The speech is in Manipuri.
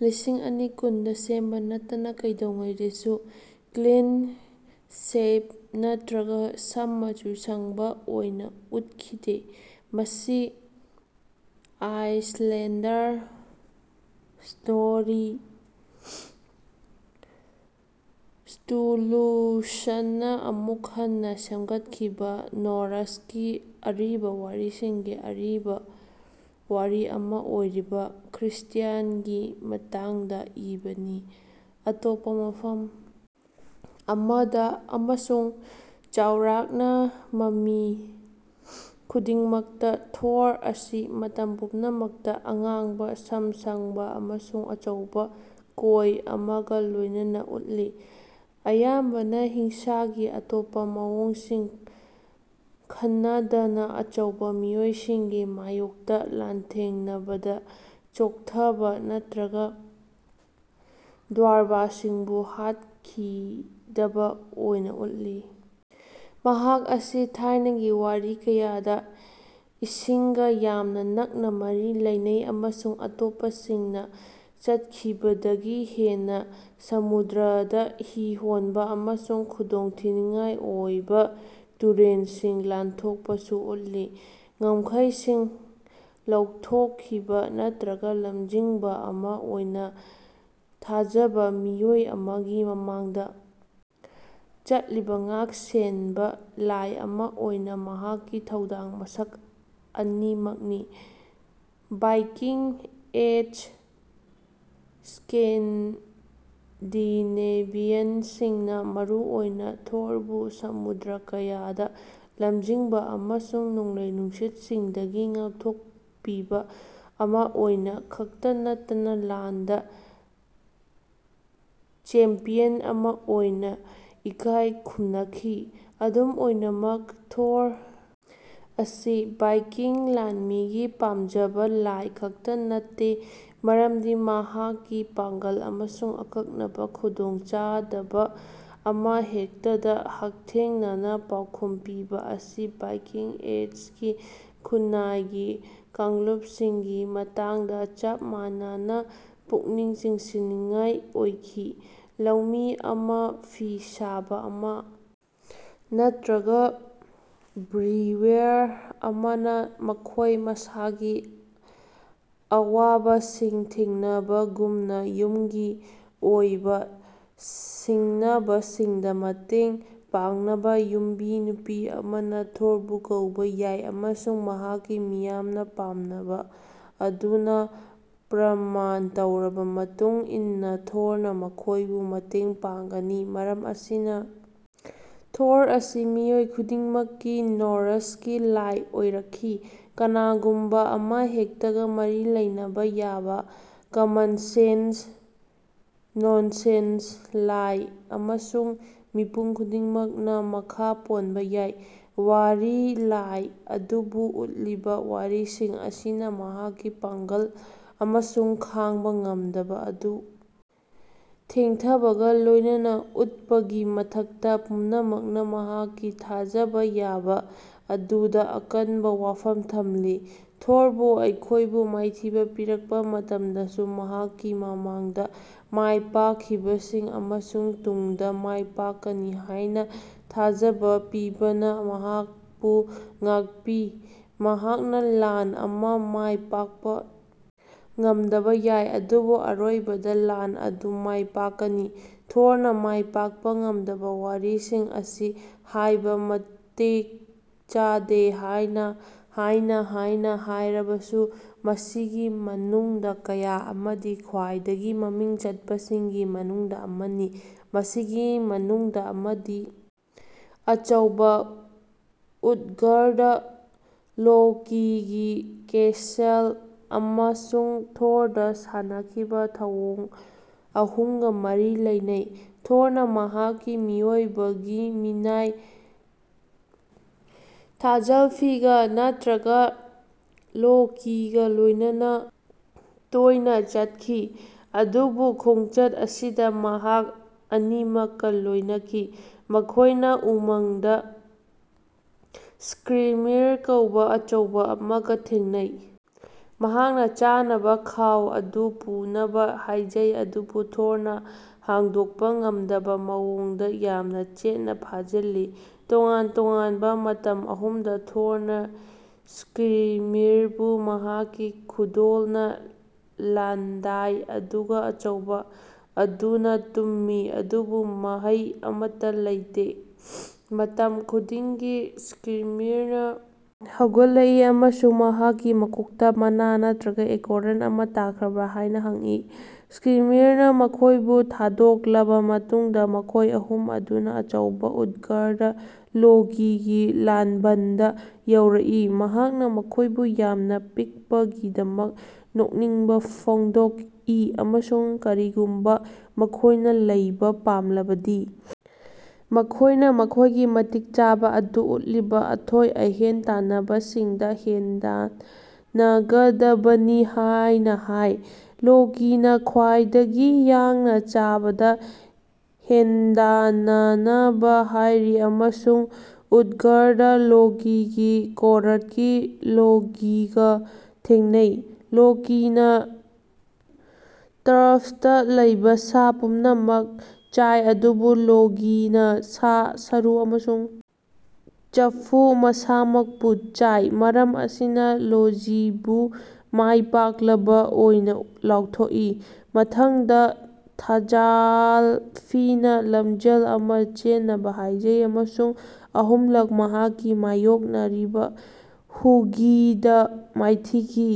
ꯂꯤꯁꯤꯡ ꯑꯅꯤ ꯀꯨꯟ ꯗ ꯁꯦꯝꯕ ꯅꯠꯇꯅ ꯀꯩꯗꯧꯉꯩꯗꯁꯨ ꯀ꯭ꯂꯤꯟ-ꯁꯦꯚ ꯅꯠꯇ꯭ꯔꯒ ꯁꯝ ꯃꯆꯨ ꯁꯪꯕ ꯑꯣꯏꯅ ꯎꯠꯈꯤꯗꯦ, ꯃꯁꯤ ꯑꯥꯏꯁꯂꯦꯟꯗꯔ ꯁ꯭ꯅꯣꯔꯤ ꯁ꯭ꯇꯨꯔꯂꯨꯁꯟꯅ ꯑꯃꯨꯛ ꯍꯟꯅ ꯁꯦꯝꯒꯠꯈꯤꯕ ꯅꯣꯔ꯭ꯁꯀꯤ ꯑꯔꯤꯕ ꯋꯥꯔꯤꯁꯤꯡꯒꯤ ꯑꯔꯤꯕ ꯋꯥꯔꯤ ꯑꯃ ꯑꯣꯏꯔꯤꯕ, ꯈ꯭ꯔꯤꯁꯇ꯭ꯌꯥꯟꯒꯤ ꯃꯇꯥꯡꯗ ꯏꯕꯅꯤ꯫ ꯑꯇꯣꯞꯄ ꯃꯐꯝ ꯑꯃꯗ, ꯑꯃꯁꯨꯡ ꯆꯥꯎꯔꯥꯛꯅ ꯃꯃꯤ ꯈꯨꯗꯤꯡꯃꯛꯇ, ꯊꯣꯔ ꯑꯁꯤ ꯃꯇꯝ ꯄꯨꯝꯅꯃꯛꯇ ꯑꯉꯥꯡꯕ ꯁꯝ ꯁꯥꯡꯕ ꯑꯃꯁꯨꯡ ꯑꯆꯧꯕ ꯀꯣꯏ ꯑꯃꯒ ꯂꯣꯏꯅꯅ ꯎꯠꯂꯤ, ꯑꯌꯥꯝꯕꯅ ꯍꯤꯡꯁꯥꯒꯤ ꯑꯇꯣꯞꯄ ꯃꯑꯣꯡꯁꯤꯡ ꯈꯟꯅꯗꯅ ꯑꯆꯧꯕ ꯃꯤꯑꯣꯏꯁꯤꯡꯒꯤ ꯃꯥꯌꯣꯛꯇ ꯂꯥꯟꯊꯦꯡꯅꯕꯗ ꯆꯣꯡꯊꯕ ꯅꯠꯇ꯭ꯔꯒ ꯗ꯭ꯋꯥꯔꯕꯁꯤꯡꯕꯨ ꯍꯥꯠꯈꯤꯗꯕ ꯑꯣꯏꯅ ꯎꯠꯂꯤ꯫ ꯃꯍꯥꯛ ꯑꯁꯤ ꯊꯥꯏꯅꯒꯤ ꯋꯥꯔꯤ ꯀꯌꯥꯗ ꯏꯁꯤꯡꯒ ꯌꯥꯝꯅ ꯅꯛꯅ ꯃꯔꯤ ꯂꯩꯅꯩ ꯑꯃꯁꯨꯡ ꯑꯇꯣꯞꯄꯁꯤꯡꯅ ꯆꯠꯈꯤꯕꯗꯒꯤ ꯍꯦꯟꯅ ꯁꯃꯨꯗ꯭ꯔꯗ ꯍꯤ ꯍꯣꯟꯕ ꯑꯃꯁꯨꯡ ꯈꯨꯗꯣꯡꯊꯤꯅꯤꯡꯉꯥꯏ ꯑꯣꯏꯕ ꯇꯨꯔꯦꯜꯁꯤꯡ ꯂꯥꯟꯊꯣꯛꯄꯁꯨ ꯎꯠꯂꯤ ꯉꯝꯈꯩꯁꯤꯡ ꯂꯧꯊꯣꯛꯈꯤꯕ ꯅꯠꯇ꯭ꯔꯒ ꯂꯝꯖꯤꯡꯕ ꯑꯃ ꯑꯣꯏꯅ ꯊꯥꯖꯕ ꯃꯤꯑꯣꯏ ꯑꯃꯒꯤ ꯃꯃꯥꯡꯗ ꯆꯠꯂꯤꯕ ꯉꯥꯛꯁꯦꯟꯕ ꯂꯥꯏ ꯑꯃ ꯑꯣꯏꯅ ꯃꯍꯥꯛꯀꯤ ꯊꯧꯗꯥꯡꯒꯤ ꯃꯁꯛ ꯑꯅꯤꯃꯛꯅꯤ꯫ ꯚꯥꯏꯀꯤꯡ ꯑꯦꯖ ꯁ꯭ꯀꯦꯟꯗꯤꯅꯦꯚꯤꯌꯟꯁꯤꯡꯅ ꯃꯔꯨꯑꯣꯏꯅ ꯊꯣꯔꯕꯨ ꯁꯃꯨꯗ꯭ꯔ ꯀꯌꯥꯗ ꯂꯝꯖꯤꯡꯕ ꯑꯃꯁꯨꯡ ꯅꯣꯡꯂꯩ-ꯅꯨꯡꯁꯤꯠꯁꯤꯡꯗꯒꯤ ꯉꯥꯛꯊꯣꯛꯄꯤꯕ ꯑꯃ ꯑꯣꯏꯅ ꯈꯛꯇ ꯅꯠꯇꯅ ꯂꯥꯟꯗ ꯆꯦꯝꯄ꯭ꯌꯟ ꯑꯃꯥ ꯑꯣꯏꯅ ꯏꯀꯥꯏ ꯈꯨꯝꯅꯈꯤ꯫ ꯑꯗꯨꯝ ꯑꯣꯏꯅꯃꯛ, ꯊꯣꯔ ꯑꯁꯤ ꯚꯥꯏꯀꯤꯡ ꯂꯥꯟꯃꯤꯒꯤ ꯄꯥꯝꯖꯕ ꯂꯥꯏ ꯈꯛꯇ ꯅꯠꯇꯦ, ꯃꯔꯝꯗꯤ ꯃꯍꯥꯛꯀꯤ ꯄꯥꯡꯒꯜ ꯑꯃꯁꯨꯡ ꯑꯀꯛꯅꯕ ꯈꯨꯗꯣꯡꯆꯥꯗꯕ ꯑꯃꯍꯦꯛꯇꯗ ꯍꯛꯊꯦꯡꯅꯅ ꯄꯥꯎꯈꯨꯝ ꯄꯤꯕ ꯑꯁꯤ ꯚꯥꯏꯀꯤꯡ ꯑꯦꯖꯀꯤ ꯈꯨꯟꯅꯥꯏꯒꯤ ꯀꯥꯡꯂꯨꯞꯁꯤꯡꯒꯤ ꯃꯇꯥꯡꯗ ꯆꯞ ꯃꯥꯟꯅꯅ ꯄꯨꯛꯅꯤꯡ ꯆꯤꯡꯁꯤꯟꯅꯤꯡꯉꯥꯏ ꯑꯣꯏꯈꯤ꯫ ꯂꯧꯃꯤ ꯑꯃ, ꯐꯤ ꯁꯥꯕ ꯑꯃ ꯅꯠꯇ꯭ꯔꯒ ꯕ꯭ꯔꯤꯋꯦꯔ ꯑꯃꯅ ꯃꯈꯣꯏ ꯃꯁꯥꯒꯤ ꯑꯋꯥꯕꯁꯤꯡ ꯊꯦꯡꯅꯕꯒꯨꯝꯅ ꯌꯨꯝꯒꯤ ꯑꯣꯏꯕ ꯁꯤꯡꯅꯕꯁꯤꯡꯗ ꯃꯇꯦꯡ ꯄꯥꯡꯅꯕ ꯌꯨꯝꯕꯤ ꯅꯨꯄꯤ ꯑꯃꯅ ꯊꯣꯔꯕꯨ ꯀꯧꯕ ꯌꯥꯏ ꯑꯃꯁꯨꯡ ꯃꯍꯥꯛꯀꯤ ꯃꯤꯌꯥꯝꯅ ꯄꯥꯝꯅꯕ ꯑꯗꯨꯅ ꯄ꯭ꯔꯃꯥꯟ ꯇꯧꯔꯕ ꯃꯇꯨꯡ ꯏꯟꯅ, ꯊꯣꯔꯅ ꯃꯈꯣꯏꯕꯨ ꯃꯇꯦꯡ ꯄꯥꯡꯒꯅꯤ꯫ ꯃꯔꯝ ꯑꯁꯤꯅ ꯊꯣꯔ ꯑꯁꯤ ꯃꯤꯑꯣꯏ ꯈꯨꯗꯤꯡꯃꯛꯀꯤ ꯅꯣꯔ꯭ꯁꯀꯤ ꯂꯥꯏ ꯑꯣꯏꯔꯛꯈꯤ꯫ ꯀꯅꯥꯒꯨꯝꯕ ꯑꯃꯍꯦꯛꯇꯒ ꯃꯔꯤ ꯂꯩꯅꯕ ꯌꯥꯕ ꯀꯃꯟ-ꯁꯦꯟꯁ, ꯅꯣꯟ-ꯅꯣꯟꯁ ꯂꯥꯏ ꯑꯃꯁꯨꯡ ꯃꯤꯄꯨꯝ ꯈꯨꯗꯤꯡꯃꯛꯅ ꯃꯈꯥ ꯄꯣꯟꯕ ꯌꯥꯏ꯫ ꯋꯥꯔꯤ ꯂꯥꯏ ꯑꯗꯨꯕꯨ ꯎꯠꯂꯤꯕ ꯋꯥꯔꯤꯁꯤꯡ ꯑꯁꯤꯅ, ꯃꯍꯥꯛꯀꯤ ꯄꯥꯡꯒꯜ ꯑꯃꯁꯨꯡ ꯈꯥꯡꯕ ꯉꯝꯗꯕ ꯑꯗꯨ ꯊꯦꯡꯊꯕꯒ ꯂꯣꯏꯅꯅ ꯎꯠꯄꯒꯤ ꯃꯊꯛꯇ, ꯄꯨꯝꯅꯃꯛꯅ ꯃꯍꯥꯛꯀꯤ ꯊꯥꯖꯕ ꯌꯥꯕ ꯑꯗꯨꯗ ꯑꯀꯟꯕ ꯋꯥꯐꯝ ꯊꯝꯂꯤ꯫ ꯊꯣꯔꯕꯨ ꯑꯩꯈꯣꯏꯕꯨ ꯃꯥꯏꯊꯤꯕ ꯄꯤꯔꯛꯄ ꯃꯇꯝꯗꯁꯨ, ꯃꯍꯥꯛꯀꯤ ꯃꯃꯥꯡꯗ ꯃꯥꯏꯄꯥꯛꯈꯤꯕꯁꯤꯡ ꯑꯃꯁꯨꯡ ꯇꯨꯡꯗ ꯃꯥꯏꯄꯥꯛꯀꯅꯤ ꯍꯥꯏꯅ ꯊꯥꯖꯕ ꯄꯤꯕꯅ ꯃꯍꯥꯛꯄꯨ ꯉꯥꯛꯄꯤ; ꯃꯍꯥꯛꯅ ꯂꯥꯟ ꯑꯃ ꯃꯥꯏ ꯄꯥꯛꯄ ꯉꯝꯗꯕ ꯌꯥꯏ ꯑꯗꯨꯕꯨ ꯑꯔꯣꯏꯕꯗ ꯂꯥꯟ ꯑꯗꯨ ꯃꯥꯏ ꯄꯥꯛꯀꯅꯤ꯫ ꯊꯣꯔꯅ ꯃꯥꯏ ꯄꯥꯛꯄ ꯉꯝꯗꯕ ꯋꯥꯔꯤꯁꯤꯡ ꯑꯁꯤ ꯍꯥꯏꯕ ꯃꯇꯤꯛ ꯆꯥꯗꯦ ꯍꯥꯏꯅ ꯍꯥꯏꯅ ꯍꯥꯏꯅ ꯍꯥꯏꯔꯕꯁꯨ, ꯃꯁꯤꯒꯤ ꯃꯅꯨꯡꯗ ꯀꯌꯥ ꯑꯃꯗꯤ ꯈ꯭ꯋꯥꯏꯗꯒꯤ ꯃꯃꯤꯡ ꯆꯠꯄꯁꯤꯡꯒꯤ ꯃꯅꯨꯡꯗ ꯑꯃꯅꯤ꯫ ꯃꯁꯤꯒꯤ ꯃꯅꯨꯡꯗ ꯑꯃꯗꯤ ꯑꯆꯧꯕ ꯎꯠꯒꯔꯗꯥ-ꯂꯣꯀꯤꯒꯤ ꯀꯦꯁꯜ ꯑꯃꯁꯨꯡ ꯊꯣꯔꯗ ꯁꯥꯟꯅꯈꯤꯕ ꯊꯧꯑꯣꯡ ꯑꯍꯨꯝꯒ ꯃꯔꯤ ꯂꯩꯅꯩ꯫ ꯊꯣꯔꯅ ꯃꯍꯥꯛꯀꯤ ꯃꯤꯑꯣꯏꯕꯒꯤ ꯃꯤꯅꯥꯏ ꯊꯖꯜꯐꯤꯒ ꯅꯠꯇ꯭ꯔꯒ ꯂꯣꯀꯤꯒ ꯂꯣꯏꯅꯅ ꯇꯣꯏꯅ ꯆꯠꯈꯤ ꯑꯗꯨꯕꯨ ꯈꯣꯡꯆꯠ ꯑꯁꯤꯗ ꯃꯍꯥꯛ ꯑꯅꯤꯃꯛꯀ ꯂꯣꯏꯅꯈꯤ꯫ ꯃꯈꯣꯏꯅ ꯎꯃꯪꯗ ꯁ꯭ꯀ꯭ꯔꯤꯃꯤꯔ ꯀꯧꯕ ꯑꯆꯧꯕ ꯑꯃꯒ ꯊꯦꯡꯅꯩ, ꯃꯍꯥꯛꯅ ꯆꯥꯅꯕ ꯈꯥꯎ ꯑꯗꯨ ꯄꯨꯅꯕ ꯍꯥꯏꯖꯩ ꯑꯗꯨꯕꯨ ꯊꯣꯔꯅ ꯍꯥꯡꯗꯣꯛꯄ ꯉꯝꯗꯕ ꯃꯑꯣꯡꯗ ꯌꯥꯝꯅ ꯆꯦꯠꯅ ꯐꯥꯖꯤꯜꯂꯤ꯫ ꯇꯣꯉꯥꯟ-ꯇꯣꯉꯥꯟꯕ ꯃꯇꯝ ꯑꯍꯨꯝꯗ ꯊꯣꯔꯅ ꯁ꯭ꯀ꯭ꯔꯤꯃꯤꯔꯕꯨ ꯃꯍꯥꯛꯀꯤ ꯈꯨꯗꯣꯜꯅ ꯂꯥꯟꯗꯥꯏ ꯑꯗꯨꯒ ꯑꯆꯧꯕ ꯑꯗꯨꯅ ꯇꯨꯝꯃꯤ ꯑꯗꯨꯕꯨ ꯃꯍꯩ ꯑꯃꯠꯇ ꯂꯩꯇꯦ; ꯃꯇꯝ ꯈꯨꯗꯤꯡꯒꯤ ꯁ꯭ꯀ꯭ꯔꯤꯃꯤꯔꯅ ꯍꯧꯒꯠꯂꯛꯏ ꯑꯃꯁꯨꯡ ꯃꯍꯥꯛꯀꯤ ꯃꯀꯣꯛꯇ ꯃꯅꯥ ꯅꯠꯇ꯭ꯔꯒ ꯑꯦꯀꯣꯔ꯭ꯟ ꯑꯃ ꯇꯥꯈ꯭ꯔꯕ꯭ꯔꯥ ꯍꯥꯏꯅ ꯍꯪꯏ꯫ ꯁ꯭ꯀ꯭ꯔꯤꯃꯤꯔꯅ ꯃꯈꯣꯏꯕꯨ ꯊꯥꯗꯣꯛꯂꯕ ꯃꯇꯨꯡꯗ, ꯃꯈꯣꯏ ꯑꯍꯨꯝ ꯑꯗꯨꯅ ꯑꯆꯧꯕ ꯎꯠꯒꯔꯗꯥ-ꯂꯣꯀꯤꯒꯤ ꯂꯥꯟꯕꯟꯗ ꯌꯧꯔꯛꯏ, ꯃꯍꯥꯛꯅ ꯃꯈꯣꯏꯕꯨ ꯌꯥꯝꯅ ꯄꯤꯛꯄꯒꯤꯗꯃꯛ ꯅꯣꯛꯅꯤꯡꯕ ꯐꯣꯡꯗꯣꯛꯏ ꯑꯃꯁꯨꯡ ꯀꯔꯤꯒꯨꯝꯕ ꯃꯈꯣꯏꯅ ꯂꯩꯕ ꯄꯥꯝꯂꯕꯗꯤ, ꯃꯈꯣꯏꯅ ꯃꯈꯣꯏꯒꯤ ꯃꯇꯤꯛ ꯆꯥꯕ ꯑꯗꯨ ꯎꯠꯂꯤꯕ ꯑꯊꯣꯏ-ꯑꯍꯦꯟ ꯇꯥꯟꯅꯕꯁꯤꯡꯗ ꯍꯦꯟꯗꯥꯟꯅꯒꯗꯕꯅꯤ ꯍꯥꯏꯅ ꯍꯥꯏ꯫ ꯂꯣꯀꯤꯅ ꯈ꯭ꯋꯥꯏꯗꯒꯤ ꯌꯥꯡꯅ ꯆꯥꯕꯗ ꯍꯦꯟꯗꯥꯟꯅꯅꯕ ꯍꯥꯏꯔꯤ ꯑꯃꯁꯨꯡ ꯎꯠꯒꯔꯗꯥ-ꯂꯣꯀꯤꯒꯤ ꯀꯣꯔꯠꯀꯤ ꯂꯣꯒꯤꯒ ꯊꯦꯡꯅꯩ꯫ ꯂꯣꯀꯤꯅ ꯇ꯭ꯔꯐꯇ ꯂꯩꯕ ꯁꯥ ꯄꯨꯝꯅꯃꯛ ꯆꯥꯏ ꯑꯗꯨꯕꯨ ꯂꯣꯒꯤꯅ ꯁꯥ, ꯁꯔꯨ ꯑꯃꯁꯨꯡ ꯆꯐꯨ ꯃꯁꯥꯃꯛꯄꯨ ꯆꯥꯏ; ꯃꯔꯝ ꯑꯁꯤꯅ ꯂꯣꯖꯤꯕꯨ ꯃꯥꯏꯄꯥꯛꯂꯕ ꯑꯣꯏꯅ ꯂꯥꯎꯊꯣꯛꯏ꯫ ꯃꯊꯪꯗ, ꯊꯖꯥꯜꯐꯤꯅ ꯂꯝꯖꯦꯜ ꯑꯃ ꯆꯦꯟꯅꯕ ꯍꯥꯏꯖꯩ ꯑꯃꯁꯨꯡ ꯑꯍꯨꯝꯂꯛ ꯃꯍꯥꯛꯀꯤ ꯃꯥꯌꯣꯛꯅꯔꯤꯕ ꯍꯨꯒꯤꯗ ꯃꯥꯏꯊꯤꯈꯤ꯫